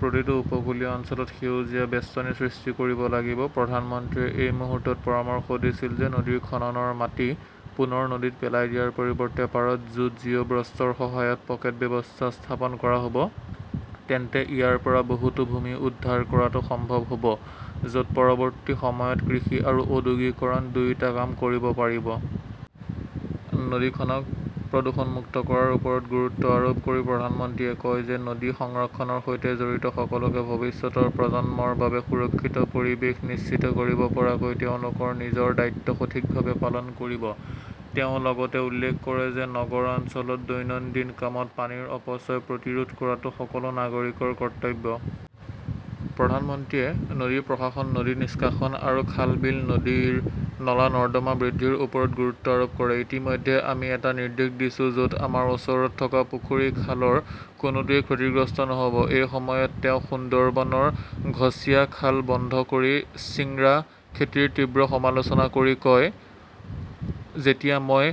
প্ৰতিটো উপকূলীয় অঞ্চলত সেউজীয়া বেষ্টনী সৃষ্টি কৰিব লাগিব। "প্ৰধানমন্ত্ৰীয়ে" এই মুহূৰ্তত পৰামৰ্শ দিছিল যে নদীৰ খননৰ মাটি পুনৰ নদীত পেলাই দিয়াৰ পৰিৱৰ্তে পাৰত জুট জিঅ' বস্ত্ৰৰ সহায়ত পকেট ব্যৱস্থা স্থাপন কৰা হব, তেন্তে ইয়াৰ পৰা বহুতো ভূমি উদ্ধাৰ কৰাটো সম্ভৱ হব য'ত পৰৱৰ্তী সময়ত কৃষি আৰু ঔদ্যোগিকৰণ দুয়োটা কাম কৰিব পাৰিব। নদীখনক প্ৰদূষণমুক্ত কৰাৰ ওপৰত গুৰুত্ব আৰোপ কৰি প্ৰধানমন্ত্ৰীয়ে কয় যে নদী সংৰক্ষণৰ সৈতে জড়িত লোকসকলে ভৱিষ্যতৰ প্ৰজন্মৰ বাবে সুৰক্ষিত পৰিৱেশ নিশ্চিত কৰিব পৰাকৈ তেওঁলোকৰ নিজৰ দায়িত্ব সঠিকভাৱে পালন কৰিব। তেওঁ লগতে উল্লেখ কৰে যে নগৰ অঞ্চলত দৈনন্দিন কামত পানীৰ অপচয় প্ৰতিৰোধ কৰাটো সকলো নাগৰিকৰ কৰ্তব্য। প্ৰধানমন্ত্ৰীয়ে নদী প্ৰশাসন, নদী নিষ্কাশন আৰু খাল, বিল, নদীৰ নলা-নৰ্দমা বৃদ্ধিৰ ওপৰত গুৰুত্ব আৰোপ কৰে। ইতিমধ্যেই আমি এটা নিৰ্দেশ দিছো, য'ত আমাৰ ওচৰত থকা পুখুৰী-খালৰ কোনোটোৱেই ক্ষতিগ্ৰস্ত নহব। এই সময়ত তেওঁ সুন্দৰবনৰ ঘছিয়া খাল বন্ধ কৰি চিংৰা খেতিৰ তীব্ৰ সমালোচনা কৰি কয়, "যেতিয়া মই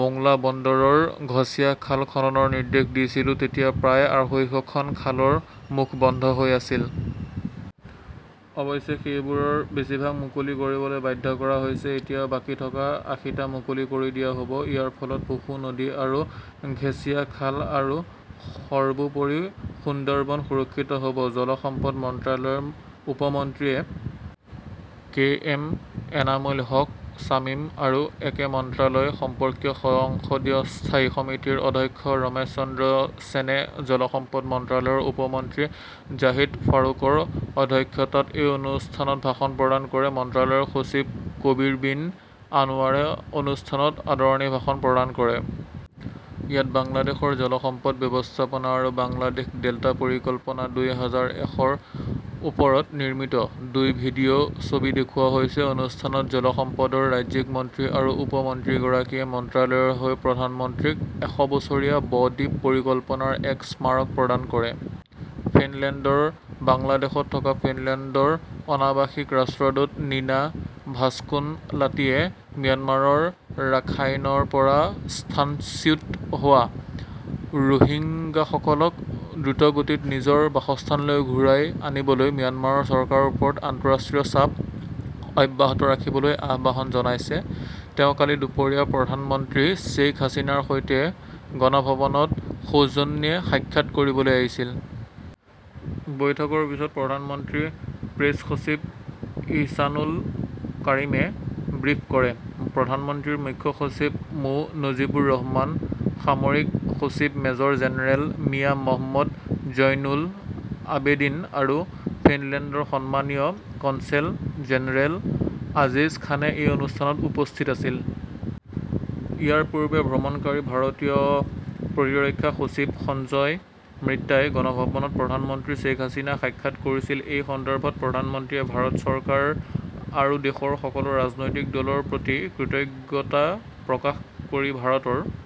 মোংলা বন্দৰৰ ঘছিয়া খাল খননৰ নিৰ্দেশ দিছিলো তেতিয়া প্ৰায় আঢ়ৈশখন খালৰ মুখ বন্ধ হৈ আছিল। অৱশ্যে, সেইবোৰৰ বেছিভাগ মুকলি কৰিবলৈ বাধ্য কৰা হৈছে। এতিয়াও বাকী থকা আশী টা মুকলি কৰি দিয়া হ'ব। ইয়াৰ ফলত পশু নদী আৰু ঘেশিয়া খাল আৰু সৰ্বোপৰি সুন্দৰবন সুৰক্ষিত হব। জল সম্পদ মন্ত্ৰালয়ৰ উপ মন্ত্ৰী A. K. M. Enamul Haque Shamim আৰু একে মন্ত্ৰালয় সম্পৰ্কীয় সংসদীয় স্থায়ী সমিতিৰ অধ্যক্ষ ৰমেশ চন্দ্ৰ সেনে জল সম্পদ মন্ত্ৰালয়ৰ উপ মন্ত্ৰী জাহিদ ফাৰুকৰ অধ্যক্ষতাত এই অনুষ্ঠানত ভাষণ প্ৰদান কৰে। মন্ত্ৰালয়ৰ সচিব কবীৰ বিন আনৱাৰে অনুষ্ঠানত আদৰণি ভাষণ প্ৰদান কৰে। ইয়াত বাংলাদেশৰ জল সম্পদ ব্যৱস্থাপনা আৰু বাংলাদেশ ডেল্টা পৰিকল্পনা দুই হাজাৰ এশৰ ওপৰত নিৰ্মিত দুটা ভিডিঅ ছবি দেখুওৱা হৈছে। অনুষ্ঠানত জল সম্পদৰ ৰাজ্যিক মন্ত্ৰী আৰু উপ মন্ত্ৰীগৰাকীয়ে মন্ত্ৰালয়ৰ হৈ প্ৰধানমন্ত্ৰীক এশ বছৰীয়া ব-দ্বীপ পৰিকল্পনাৰ "এক স্মাৰক" প্ৰদান কৰে। ফিনলেণ্ডৰ বাংলাদেশত থকা ফিনলেণ্ডৰ অনাবাসিক ৰাষ্ট্ৰদূত নিনা ভাস্কুনলাতীয়ে ম্যানমাৰৰ ৰাখাইনৰ পৰা স্থানচ্যুত হোৱা ৰোহিংগাসকলক দ্ৰুতগতিত নিজৰ বাসস্থানলৈ ঘূৰাই আনিবলৈ ম্যানমাৰ চৰকাৰৰ ওপৰত আন্তঃৰাষ্ট্ৰীয় চাপ অব্যাহত ৰাখিবলৈ আহ্বান জনাইছে। তেওঁ কালি দুপৰীয়া প্ৰধানমন্ত্ৰী শ্বেইখ হাছিনাৰ সৈতে গণভৱনত সৌজন্যে সাক্ষাৎ কৰিবলৈ আহিছিল। বৈঠকৰ পিছত প্ৰধানমন্ত্ৰীৰ প্ৰেছ সচিব ইহছানুল কাৰিমে ব্ৰিফ কৰে। প্ৰধানমন্ত্ৰীৰ মুখ্য সচিব মো. নজিবুৰ ৰহমান, সামৰিক সচিব মেজৰ জেনেৰেল মিয়া মহম্মদ জয়নুল আবেদিন আৰু ফিনলেণ্ডৰ সন্মানীয় কনছেল জেনেৰেল আজিজ খানে এই অনুষ্ঠানত উপস্থিত আছিল। ইয়াৰ পূৰ্বে ভ্ৰমণকাৰী ভাৰতীয় প্ৰতিৰক্ষা সচিব সঞ্জয় মিত্ৰাই গণভৱনত প্ৰধানমন্ত্ৰী শ্বেখ হাছিনাক সাক্ষাৎ কৰিছিল। এই সন্দৰ্ভত প্ৰধানমন্ত্ৰীয়ে ভাৰত চৰকাৰ আৰু দেশৰ সকলো ৰাজনৈতিক দলৰ প্ৰতি কৃতজ্ঞতা প্ৰকাশ কৰি ভাৰতৰ